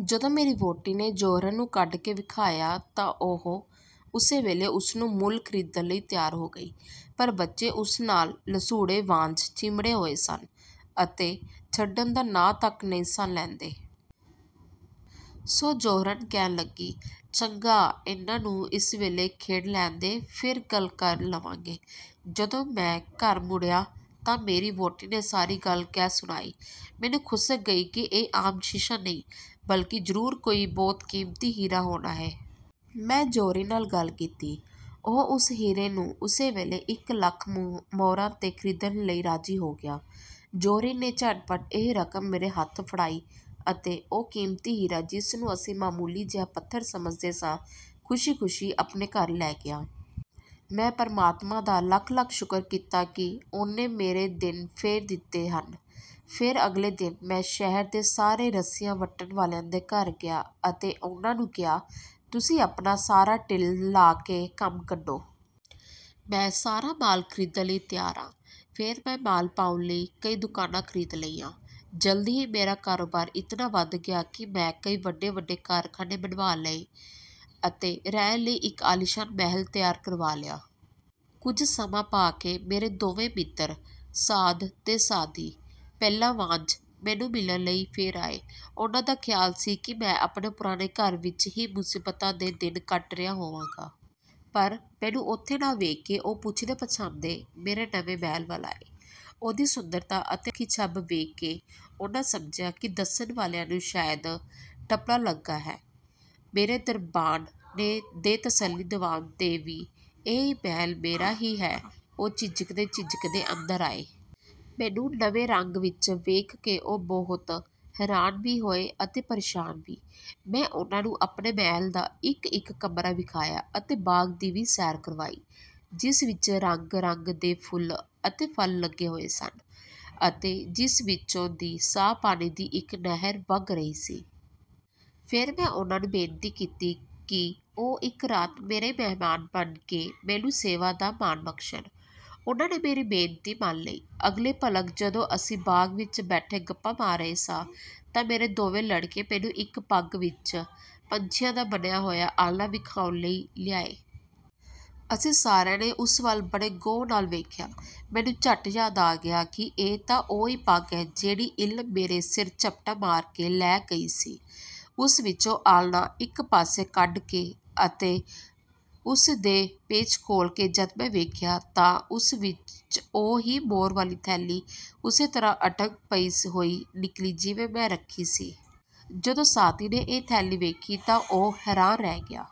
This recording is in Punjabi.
ਜਦੋਂ ਮੇਰੀ ਵਹੁਟੀ ਨੇ ਜੌਹਰਣ ਨੂੰ ਕੱਢ ਕੇ ਵਿਖਾਇਆਂ ਤਾਂ ਉਹ ਉਸੇ ਵੇਲੇ ਉਹਨੂੰ ਮੁਲ ਖ਼ਰੀਦਣ ਲਈ ਤਿਆਰ ਹੋ ਗਈ। ਪਰ ਬੱਚੇ ਉਸ ਨਾਲ ਲਸੂੜੇ ਵਾਂਙ ਚਿਮੜੇ ਹੋਏ ਸਨ ਅਤੇ ਛੱਡਣ ਦਾ ਨਾਂ ਤੱਕ ਨਹੀਂ ਸਨ ਲੈਂਦੇ। ਸੋ ਜੌਹਰਣ ਕਹਿਣ ਲੱਗੀ, "ਚੰਗਾ, ਇਹਨਾਂ ਨੂੰ ਇਸ ਵੇਲੇ ਖੇਡ ਲੈਣ ਦੇ। ਫੇਰ ਗੱਲ ਕਰ ਲਵਾਂਗੇ। " ਜਦੋਂ ਮੈਂ ਘਰ ਮੁੜਿਆ ਤਾਂ ਮੇਰੀ ਵਹੁਟੀ ਨੇ ਮੈਨੂੰ ਸਾਰੀ ਗੱਲ ਕਹਿ ਸੁਣਾਈ। ਮੈਨੂੰ ਖੁੜਕ ਗਈ ਕਿ ਇਹ ਆਮ ਸ਼ੀਸ਼ਾ ਨਹੀਂ ਬਲਕਿ ਜ਼ਰੂਰ ਕੋਈ ਬਹੁਤ ਕੀਮਤੀ ਹੀਰਾ ਹੋਣਾ ਏ। ਮੈਂ ਜੌਹਰੀ ਨਾਲ ਗੱਲ ਕੀਤੀ। ਉਹ ਉਸ ਹੀਰੇ ਨੂੰ ਉਸੇ ਵੇਲੇ ਇਕ ਲੱਖ ਮੁਹਰਾਂ ਤੇ ਖ਼ਰੀਦਣ ਲਈ ਰਾਜ਼ੀ ਹੋ ਗਿਆ। ਜੌਹਰੀ ਨੇ ਝਟ ਪਟ ਇਹ ਰਕਮ ਮੇਰੇ ਹੱਥ ਫੜਾਈ ਅਤੇ ਉਹ ਕੀਮਤੀ ਹੀਰਾ ਜਿਸ ਨੂੰ ਅਸੀਂ ਮਾਮੂਲੀ ਜਿਹਾ ਪੱਥਰ ਸਮਝਦੇ ਸਾਂ, ਖੁਸ਼ੀ ਖੁਸ਼ੀ ਆਪਣੇ ਘਰ ਲੈ ਗਿਆ। ਮੈਂ ਪਰਮਾਤਮਾ ਦਾ ਲੱਖ ਲੱਖ ਸ਼ੁਕਰ ਕੀਤਾ ਕਿ ਉਹਨੇ ਮੇਰੇ ਦਿਨ ਫੇਰ ਦਿੱਤੇ ਹਨ। ਫੇਰ ਅਗਲੇ ਦਿਨ ਮੈਂ ਸ਼ਹਿਰ ਦੇ ਸਾਰੇ ਰੱਸੀਆਂ ਵੱਟਣ ਵਾਲਿਆਂ ਦੇ ਘਰ ਗਿਆ ਅਤੇ ਉਹਨਾਂ ਨੂੰ ਕਿਹਾ, 'ਤੁਸੀਂ ਆਪਣਾ ਸਾਰਾ ਟਿੱਲ ਲਾ ਕੇ ਕੰਮ ਕੱਢੋ। ਮੈਂ ਸਾਰਾ ਮਾਲ ਖ਼ਰੀਦਣ ਲਈ ਤਿਆਰ ਆਂ। ਫੇਰ ਮੈਂ ਮਾਲ ਪਾਉਣ ਲਈ ਕਈ ਦੁਕਾਨਾਂ ਖ਼ਰੀਦ ਲਈਆਂ। ਜਲਦੀ ਹੀ ਮੇਰਾ ਕਾਰੋਬਾਰ ਇਤਨਾ ਵੱਧ ਗਿਆ ਕਿ ਮੈਂ ਕਈ ਵੱਡੇ ਵੱਡੇ ਕਾਰਖ਼ਾਨੇ ਬਣਵਾ ਲਏ ਅਤੇ ਰਹਿਣ ਲਈ ਇਕ ਆਲੀਸ਼ਾਨ ਮਹੱਲ ਤਿਆਰ ਕਰਵਾ ਲਿਆ। ਕੁਝ ਸਮਾਂ ਪਾ ਕੇ ਮੇਰੇ ਦੋਵੇਂ ਮਿੱਤਰ, ਸਾਅਦ ਤੇ ਸਾਅਦੀ, ਪਹਿਲਾਂ ਵਾਂਙ ਮੈਨੂੰ ਮਿਲਣ ਲਈ ਫੇਰ ਆਏ। ਉਹਨਾਂ ਦਾ ਖ਼ਿਆਲ ਸੀ ਕਿ ਮੈਂ ਆਪਣੇ ਪੁਰਾਣੇ ਘਰ ਵਿਚ ਹੀ ਮੁਸੀਬਤਾਂ ਦੇ ਦਿਨ ਕੱਟ ਰਿਹਾ ਹੋਵਾਂਗਾ। ਪਰ ਮੈਨੂੰ ਉੱਥੇ ਨਾ ਵੇਖ ਕੇ ਉਹ ਪੁੱਛਦੇ ਪੁੱਛਾਂਦੇ ਮੇਰੇ ਨਵੇਂ ਮਹੱਲ ਵੱਲ ਆਏ। ਉਹਦੀ ਸੁੰਦਰਤਾ ਅਤੇ ਅਨੋਖੀ ਛੱਬ ਵੇਖ ਕੇ ਉਹਨਾਂ ਸਮਝਿਆ ਕਿ ਦੱਸਣ ਵਾਲਿਆਂ ਨੂੰ ਸ਼ਾਇਦ ਟੱਪਲਾ ਲੱਗਾ ਹੈ। ਮੇਰੇ ਦਰਬਾਨ ਦੇ ਤਸੱਲੀ ਦਿਵਾਉਣ ਤੇ ਵੀ ਕਿ ਇਹ ਮਹੱਲ ਮੇਰਾ ਹੀ ਹੈ, ਉਹ ਝਿਜਕਦੇ ਝਿਜਕਦੇ ਅੰਦਰ ਆਏ। ਮੈਨੂੰ ਨਵੇਂ ਰੰਗ ਵਿਚ ਵੇਖ ਕੇ ਉਹ ਬਹੁਤ ਹੈਰਾਨ ਵੀ ਹੋਏ ਅਤੇ ਪਰੇਸ਼ਾਨ ਵੀ। ਮੈਂ ਉਹਨਾਂ ਨੂੰ ਆਪਣੇ ਮਹੱਲ ਦਾ ਇਕ ਇਕ ਕਮਰਾ ਵਿਖਾਇਆ ਅਤੇ ਬਾਗ਼ ਦੀ ਵੀ ਸੈਰ ਕਰਵਾਈ, ਜਿਸ ਵਿਚ ਰੰਗ ਰੰਗ ਦੇ ਫੁੱਲ ਅਤੇ ਫਲ ਲੱਗੇ ਹੋਏ ਸਨ ਅਤੇ ਜਿਸ ਵਿੱਚੋਂ ਦੀ ਸਾਫ਼ ਪਾਣੀ ਦੀ ਇਕ ਨਹਿਰ ਵੱਗ ਰਹੀ ਸੀ। ਫੇਰ ਮੈਂ ਉਹਨਾਂ ਨੂੰ ਬੇਨਤੀ ਕੀਤੀ ਕਿ ਉਹ ਇਕ ਰਾਤ ਮੇਰੇ ਮਹਿਮਾਨ ਬਣ ਕੇ ਮੈਨੂੰ ਸੇਵਾ ਦਾ ਮਾਣ ਬਖ਼ਸ਼ਣ। ਉਹਨਾਂ ਨੇ ਮੇਰੀ ਬੇਨਤੀ ਮੰਨ ਲਈ। ਅਗਲੇ ਭਲਕ ਜਦੋਂ ਅਸੀਂ ਬਾਗ ਵਿਚ ਬੈਠੇ ਗੱਪਾਂ ਮਾਰ ਰਹੇ ਸਾਂ ਤਾਂ ਮੇਰੇ ਦੋਵੇਂ ਲੜਕੇ ਮੈਨੂੰ ਇਕ ਪੱਗ ਵਿਚ ਪੰਛੀਆਂ ਦਾ ਬਣਿਆ ਹੋਇਆ ਆਲਣਾ ਵਿਖਾਉਣ ਲਈ ਲਿਆਏ। ਅਸੀਂ ਸਾਰਿਆਂ ਨੇ ਉਸ ਵਲ ਬੜੇ ਗਹੁ ਨਾਲ ਵੇਖਿਆ। ਮੈਨੂੰ ਝੱਟ ਯਾਦ ਆ ਗਿਆ ਕਿ ਇਹ ਤਾਂ ਉਹ ਹੀ ਪੱਗ ਹੈ ਜਿਹੜੀ ਇੱਲ ਮੇਰੇ ਸਿਰ ਝਪਟਾ ਮਾਰ ਕੇ ਲੈ ਗਈ ਸੀ। ਉਸ ਵਿਚੋਂ ਆਲ੍ਹਣਾ ਇਕ ਪਾਸੇ ਕੱਢ ਕੇ ਅਤੇ ਉਸ ਦੇ ਪੇਚ ਖੋਲ ਕੇ ਜਦ ਮੈਂ ਵੇਖਿਆ ਤਾਂ ਵਿਚ ਉਹੋ ਹੀ ਮੁਹਰਾਂ ਵਾਲੀ ਥੈਲੀ ਉਸੇ ਤਰ੍ਹਾਂ ਅਟੰਕ ਪਈ ਹੋਈ ਨਿਕਲੀ ਜਿਵੇਂ ਮੈਂ ਰੱਖੀ ਸੀ। ਜਦੋਂ ਸਾਅਦੀ ਨੇ ਇਹ ਥੈਲੀ ਵੇਖੀ ਤਾਂ ਉਹ ਹੈਰਾਨ ਰਹਿ ਗਿਆ।